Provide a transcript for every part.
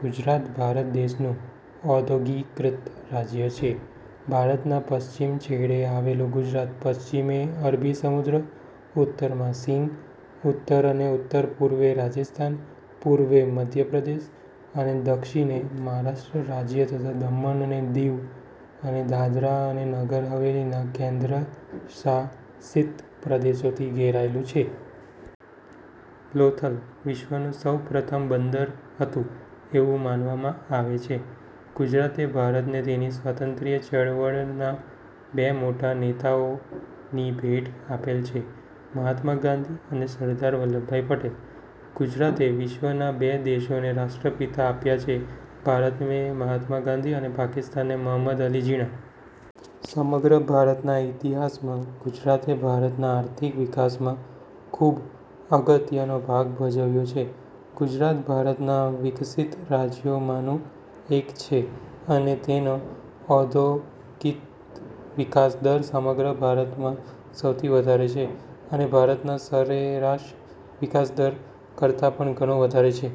ગુજરાત ભારત દેશનું ઔદ્યોગીકૃત રાજ્ય છે. ભારતના પશ્ચિમ છેડે આવેલું ગુજરાત પશ્ચિમે અરબી સમુદ્ર, ઉત્તરમાં સિંધ, ઉત્તર અને ઉત્તરપૂર્વે રાજસ્થાન, પૂર્વે મધ્ય પ્રદેશ અને દક્ષિણે મહારાષ્ટ્ર રાજ્ય તથા દમણ અને દીવ અને દાદરા અને નગર હવેલી ના કેન્દ્રશાસિત પ્રદેશોથી ઘેરાયેલું છે. લોથલ વિશ્વનું સૌ પ્રથમ બંદર હતું એવું માનવામાં આવે છે. ગુજરાતે ભારતને તેની સ્વાતંત્ર્ય ચળવળના બે મોટા નેતાઓની ભેટ આપેલ છે મહાત્મા ગાંધી અને સરદાર વલ્લભભાઈ પટેલ. ગુજરાતે વિશ્વના બે દેશોને રાષ્ટ્રપિતા આપ્યા છે ભારતને મહાત્મા ગાંધી અને પાકિસ્તાનને મહમદ અલી ઝીણા. સમગ્ર ભારતના ઇતિહાસમાં ગુજરાતે ભારતના આર્થિક વિકાસમાં ખૂબ અગત્યનો ભાગ ભજવ્યો છે. ગુજરાત ભારતના વિકસિત રાજ્યોમાંનું એક છે અને તેનો ઔદ્યોગિક વિકાસ દર સમગ્ર ભારતમાં સૌથી વધારે છે અને ભારતના સરેરાશ વિકાસદર કરતાંં પણ ઘણો વધારે છે.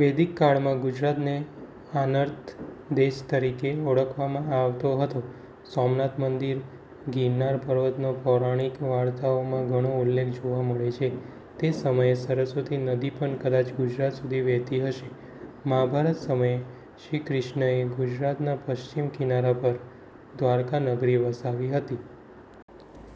વૈદિક કાળમાં ગુજરાતને આનર્ત દેશ તરીકે ઓળખવામાં આવતો હતો. સોમનાથ મંદિર, ગિરનાર પર્વતનો પૌરાણિક વાર્તાઓમાં ઘણો ઉલ્લેખ જોવા મળે છે. તે સમયે સરસ્વતી નદી પણ કદાચ ગુજરાત સુધી વહેતી હશે. મહાભારત સમયે શ્રી કૃષ્ણએ ગુજરાતના પશ્ચિમ કિનારા પર દ્વારિકા નગરી વસાવી હતી.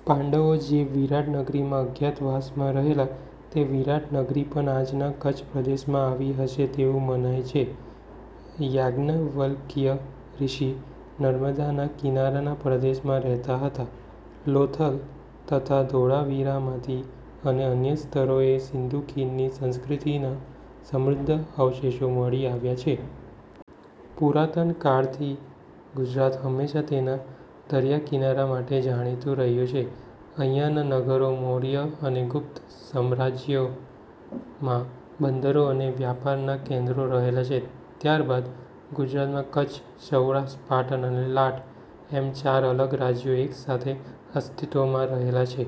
પાંડવો જે વિરાટ નગરીમાં અજ્ઞાતવાસમાં રહેલા તે વિરાટ નગરી પણ આજના કચ્છ પ્રદેશમાં આવી હશે તેવું મનાય છે. યાજ્ઞવલ્કય ઋષિ નર્મદાના કિનારાના પ્રદેશમાં રહેતા હતા. લોથલ તથા ધોળાવીરામાંથી અને અન્ય સ્થળોએ સીંધુ ખીણની સંસ્કૃતિના સમૃદ્ધ અવશેષો મળી આવ્યા છે. પુરાતન કાળથી ગુજરાત હંમેશા તેના દરિયાકિનારા માટે જાણીતુ રહ્યું છે. અહીંના નગરો મૌર્ય અને ગુપ્ત સામ્રાજ્યમાં બંદરો અને વ્યાપારનાં કેન્દ્રો રહેલા છે. ત્યારબાદ ગુજરાતમાં કચ્છ, સૌરાષ્ટ્ર, પાટણ અને લાટ એમ ચાર અલગ રાજ્યો એક સાથે અસ્તિત્વમાં રહેલા છે.